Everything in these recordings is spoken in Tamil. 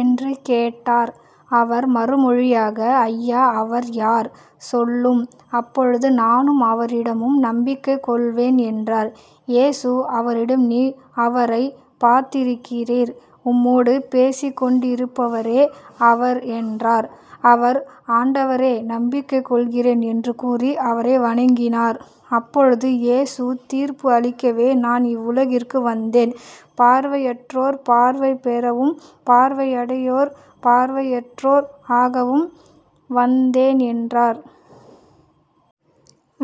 என்று கேட்டார். அவர் மறுமொழியாக ஐயா அவர் யார்? சொல்லும். அப்போது நானும் அவரிடம் நம்பிக்கை கொள்வேன் என்றார். இயேசு அவரிடம் நீர் அவரைப் பார்த்திருக்கிறீர். உம்மோடு பேசிக்கொண்டிருப்பவரே அவர் என்றார். அவர் ஆண்டவரே நம்பிக்கைகொள்கிறேன் என்று கூறி அவரை வணங்கினார். அப்போது இயேசு தீர்ப்பு அளிக்கவே நான் இவ்வுலகிற்கு வந்தேன் பார்வையற்றோர் பார்வை பெறவும் பார்வையுடையோர் பார்வையற்றோர் ஆகவுமே வந்தேன் என்றார்.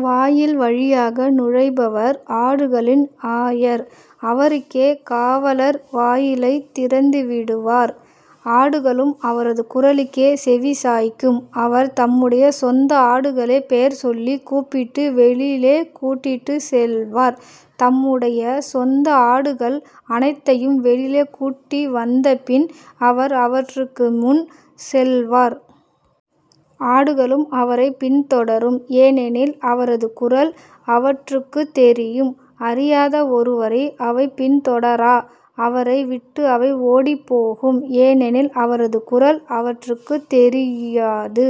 வாயில் வழியாக நுழைபவர் ஆடுகளின் ஆயர். அவருக்கே காவலர் வாயிலைத் திறந்துவிடுவார். ஆடுகளும் அவரது குரலுக்கே செவிசாய்க்கும். அவர் தம்முடைய சொந்த ஆடுகளைப் பெயர் சொல்லிக் கூப்பிட்டு வெளியே கூட்டிச் செல்வார். தம்முடைய சொந்த ஆடுகள் அனைத்தையும் வெளியே ஓட்டி வந்தபின் அவர் அவற்றிற்கு முன் செல்வார். ஆடுகளும் அவரைப் பின்தொடரும். ஏனெனில் அவரது குரல் அவற்றுக்குத் தெரியும். அறியாத ஒருவரை அவை பின்தொடரா. அவரை விட்டு அவை ஓடிப்போகும். ஏனெனில் அவரது குரல் அவற்றுக்குத் தெரியாது.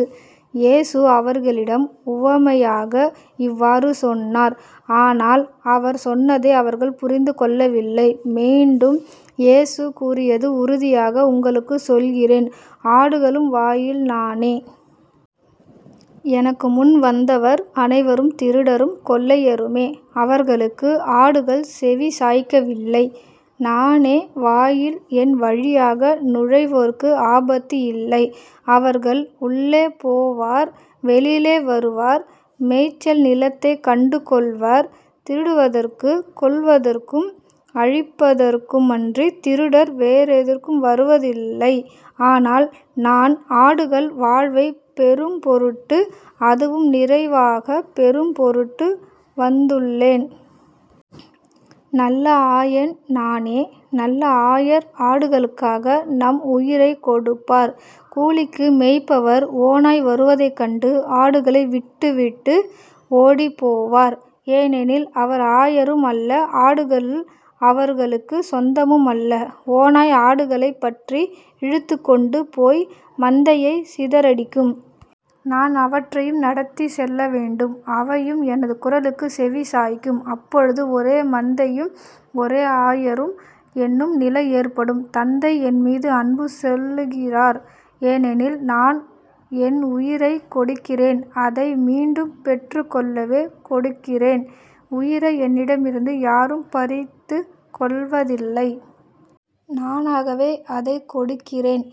இயேசு அவர்களிடம் உவமையாக இவ்வாறு சொன்னார். ஆனால் அவர் சொன்னதை அவர்கள் புரிந்து கொள்ளவில்லை. மீண்டும் இயேசு கூறியது உறுதியாக உங்களுக்குச் சொல்கிறேன் ஆடுகளுக்கு வாயில் நானே. எனக்கு முன்பு வந்தவர் அனைவரும் திருடரும் கொள்ளையருமே. அவர்களுக்கு ஆடுகள் செவிசாய்க்கவில்லை. நானே வாயில். என் வழியாக நுழைவோருக்கு ஆபத்து இல்லை. அவர்கள் உள்ளே போவர் வெளியே வருவர் மேய்ச்சல் நிலத்தைக் கண்டுகொள்வர். திருடுவதற்கும் கொல்வதற்கும் அழிப்பதற்குமன்றித் திருடர் வேறெதற்கும் வருவதில்லை. ஆனால் நான் ஆடுகள் வாழ்வைப் பெறும்பொருட்டு அதுவும் நிறைவாகப் பெறும் பொருட்டு வந்துள்ளேன். நல்ல ஆயன் நானே. நல்ல ஆயர் ஆடுகளுக்காகத் தம் உயிரைக் கொடுப்பார். "கூலிக்கு மேய்ப்பவர் ஓநாய் வருவதைக் கண்டு ஆடுகளை விட்டு விட்டு ஓடிப்போவார். ஏனெனில் அவர் ஆயரும் அல்ல ஆடுகள் அவருக்குச் சொந்தமும் அல்ல ஓநாய் ஆடுகளைப் பற்றிப் இழுத்துக்கொண்டு போய் மந்தையைச் சிதறடிக்கும். நான் அவற்றையும் நடத்திச் செல்லவேண்டும். அவையும் எனது குரலுக்குச் செவி சாய்க்கும். அப்போது ஒரே மந்தையும் ஒரே ஆயரும் என்னும் நிலை ஏற்படும். தந்தை என்மீது அன்பு செலுத்துகிறார். ஏனெனில் நான் என் உயிரைக் கொடுக்கிறேன் அதை மீண்டும் பெற்றுக்கொள்ளவே கொடுக்கிறேன். உயிரை என்னிடமிருந்து யாரும் பறித்துக் கொள்வதில்லை. நானாகவே அதைக் கொடுக்கிறேன்.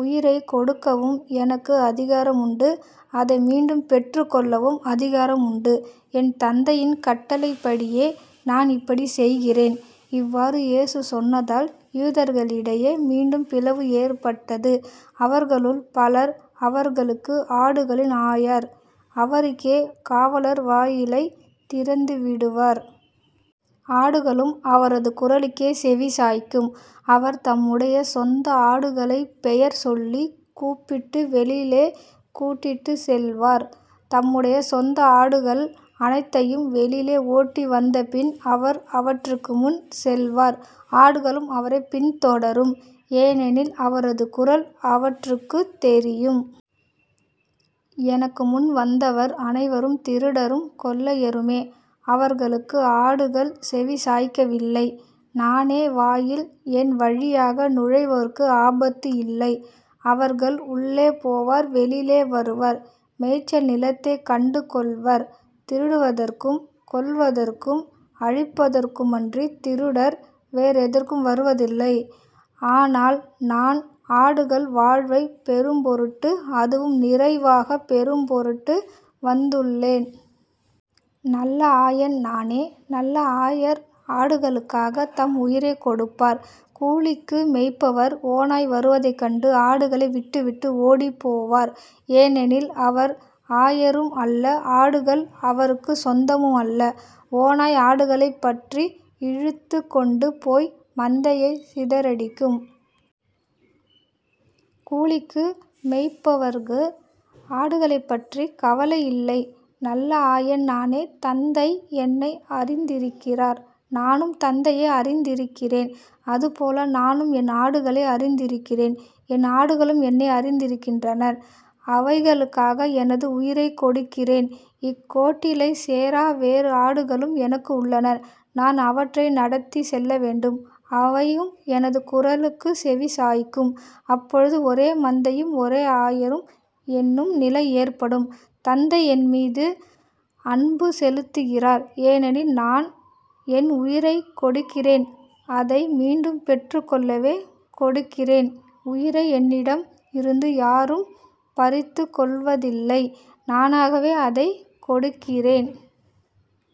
உயிரைக் கொடுக்கவும் எனக்கு அதிகாரம் உண்டு அதை மீண்டும் பெற்றுக் கொள்ளவும் அதிகாரம் உண்டு. என் தந்தையின் கட்டளைப்படியே நான் இப்படிச் செய்கிறேன். இவ்வாறு இயேசு சொன்னதால் யூதர்களிடையே மீண்டும் பிளவு ஏற்பட்டது. அவர்களுள் பலர் அவனுக்குப் ஆடுகளின் ஆயர். அவருக்கே காவலர் வாயிலைத் திறந்துவிடுவார். ஆடுகளும் அவரது குரலுக்கே செவிசாய்க்கும். அவர் தம்முடைய சொந்த ஆடுகளைப் பெயர் சொல்லிக் கூப்பிட்டு வெளியே கூட்டிச் செல்வார். தம்முடைய சொந்த ஆடுகள் அனைத்தையும் வெளியே ஓட்டி வந்தபின் அவர் அவற்றிற்கு முன் செல்வார். ஆடுகளும் அவரைப் பின்தொடரும். ஏனெனில் அவரது குரல் அவற்றுக்குத் தெரியும். எனக்கு முன்பு வந்தவர் அனைவரும் திருடரும் கொள்ளையருமே. அவர்களுக்கு ஆடுகள் செவிசாய்க்கவில்லை. நானே வாயில். என் வழியாக நுழைவோருக்கு ஆபத்து இல்லை. அவர்கள் உள்ளே போவர் வெளியே வருவர் மேய்ச்சல் நிலத்தைக் கண்டுகொள்வர். திருடுவதற்கும் கொல்வதற்கும் அழிப்பதற்குமன்றித் திருடர் வேறெதற்கும் வருவதில்லை. ஆனால் நான் ஆடுகள் வாழ்வைப் பெறும்பொருட்டு அதுவும் நிறைவாகப் பெறும் பொருட்டு வந்துள்ளேன். நல்ல ஆயன் நானே. நல்ல ஆயர் ஆடுகளுக்காகத் தம் உயிரைக் கொடுப்பார். "கூலிக்கு மேய்ப்பவர் ஓநாய் வருவதைக் கண்டு ஆடுகளை விட்டு விட்டு ஓடிப்போவார். ஏனெனில் அவர் ஆயரும் அல்ல ஆடுகள் அவருக்குச் சொந்தமும் அல்ல ஓநாய் ஆடுகளைப் பற்றிப் இழுத்துக்கொண்டு போய் மந்தையைச் சிதறடிக்கும். கூலிக்கு மேய்ப்பவருக்கு ஆடுகளைப்பற்றி கவலை இல்லை. நல்ல ஆயன் நானே. தந்தை என்னை அறிந்திருக்கிறார் நானும் தந்தையை அறிந்திருக்கிறேன். அதுபோல நானும் என் ஆடுகளை அறிந்திருக்கிறேன் என் ஆடுகளும் என்னை அறிந்திருக்கின்றன. அவைகளுக்காக எனது உயிரைக் கொடுக்கிறேன். இக்கொட்டிலைச் சேரா வேறு ஆடுகளும் எனக்கு உள்ளன. நான் அவற்றையும் நடத்திச் செல்லவேண்டும். அவையும் எனது குரலுக்குச் செவி சாய்க்கும். அப்போது ஒரே மந்தையும் ஒரே ஆயரும் என்னும் நிலை ஏற்படும். தந்தை என்மீது அன்பு செலுத்துகிறார். ஏனெனில் நான் என் உயிரைக் கொடுக்கிறேன் அதை மீண்டும் பெற்றுக்கொள்ளவே கொடுக்கிறேன். உயிரை என்னிடமிருந்து யாரும் பறித்துக் கொள்வதில்லை. நானாகவே அதைக் கொடுக்கிறேன்.